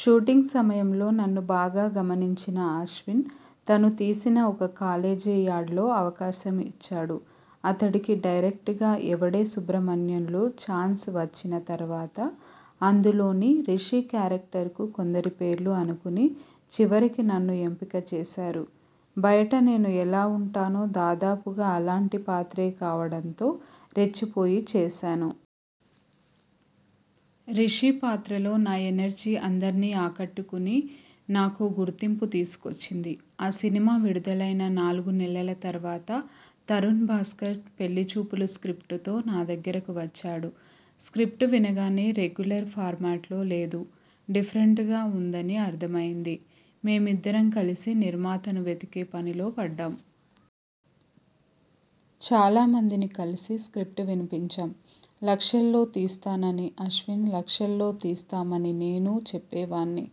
Shooting సమయంలో నన్ను బాగా గమనించిన అశ్విన్ తను తీసిన ఒక కాలేజీ యాడ్లో అవకాశం ఇచ్చాడు. అతడికి డైరెక్టర్గా 'ఎవడే సుబ్రమణ్యం'లో ఛాన్స్ వచ్చిన తర్వాత అందులోని రిషి క్యారెక్టర్కు కొందరి పేర్లు అనుకుని చివరకు నన్ను ఎంపిక చేశారు. బయట నేను ఎలా ఉంటానో దాదాపుగా అలాంటి పాత్రే కావడంతో రెచ్చిపోయి చేశాను. 'రిషి' పాత్రలో నా ఎనర్జీ అందర్నీ ఆకట్టుకుని నాకో గుర్తింపు తీసుకొచ్చింది. ఆ సినిమా విడుదలైన నాలుగు నెలల తర్వాత తరుణ్ భాస్కర్ 'పెళ్లిచూపులు' స్ర్కిప్టుతో నా దగ్గరకు వచ్చాడు. స్ర్కిప్టు వినగానే రెగ్యులర్ ఫార్మాట్లో లేదు, డిఫరెంట్గా ఉందని అర్థమయ్యింది. మేమిద్దరం కలిసి నిర్మాతను వెతికే పనిలో పడ్డాం. చాలామందిని కలిసి స్ర్కిప్టు వినిపించాం. లక్షల్లో తీస్తానని అశ్విన్, లక్షల్లో తీస్తామని నేను చెప్పేవాణ్ణి.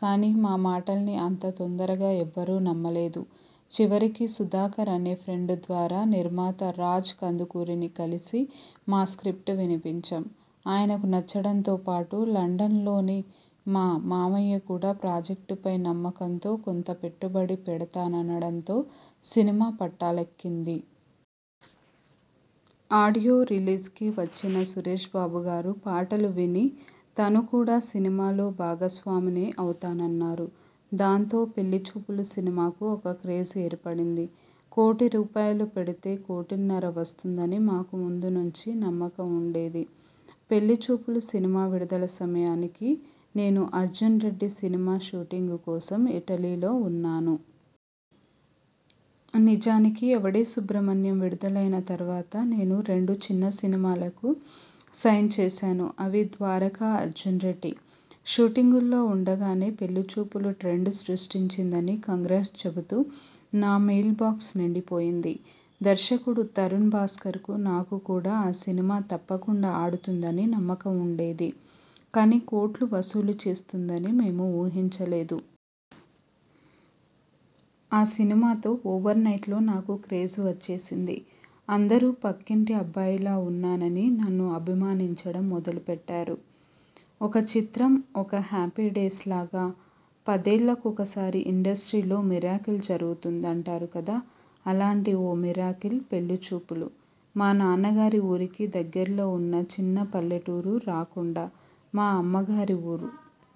కానీ మా మాటల్ని అంత తొందరగా ఎవరూ నమ్మలేదు. చివరికి సుధాకర్ అనే ఫ్రెండ్ ద్వారా నిర్మాత రాజ్ కందుకూరిని కలిసి మా స్ర్కిప్టు వినిపించాం. ఆయనకు నచ్చడంతో పాటు లండన్లోని మా మావయ్య కూడా ప్రాజెక్టుపై నమ్మకంతో కొంత పెట్టుబడి పెడతాననడంతో సినిమా పట్టాలెక్కింది. ఆడియో రిలీజ్కు వచ్చిన సురేష్బాబుగారు పాటలు విని తను కూడా సినిమాలో భాగస్వామిని అవుతానన్నారు. దాంతో 'పెళ్లిచూపులు' సినిమాకు ఒక క్రేజ్ ఏర్పడింది. కోటి రూపాయలు పెడితే కోటిన్నర వస్తుందని మాకు ముందు నుంచి నమ్మకం ఉండేది. 'పెళ్లిచూపులు' సినిమా విడుదల సమయానికి నేను 'అర్జున్రెడ్డి' సినిమా షూటింగ్ కోసం ఇటలీలో ఉన్నాను. నిజానికి 'ఎవడే సుబ్రమణ్యం' విడుదలైన తర్వాత నేను రెండు చిన్న సినిమాలకు సైన్ చేశాను. అవి 'ద్వారక', 'అర్జున్రెడ్డి'. షూటింగ్లో ఉండగానే 'పెళ్లిచూపులు' ట్రెండ్ సృష్టించిందని 'కంగ్రాట్స్' చెబుతూ నా మెయిల్బాక్స్ నిండిపోయింది. దర్శకుడు తరుణ్ భాస్కర్కు నాకు కూడా ఆ సినిమా తప్పకుండా ఆడుతుందని నమ్మకం ఉండేది కానీ కోట్లు వసూలు చేస్తుందని మేము ఊహించలేదు. ఆ సినిమాతో ఓవర్నైట్లో నాకు క్రేజ్ వచ్చేసింది. అందరూ పక్కింటి అబ్బాయిలా ఉన్నానని నన్ను అభిమానించడం మొదలెట్టారు. ఒక 'చిత్రం', ఒక 'హ్యాపీడేస్'లాగా పదేళ్లకోసారి ఇండస్ట్రీలో మిరాకిల్ జరుగుతుందంటారు కదా అలాంటి ఓ మిరాకిల్ 'పెళ్లిచూపులు'. మా నాన్నగారి ఊరికి దగ్గర్లో ఉన్న చిన్న పల్లెటూరు 'రాకొండ' మా అమ్మగారి ఊరు.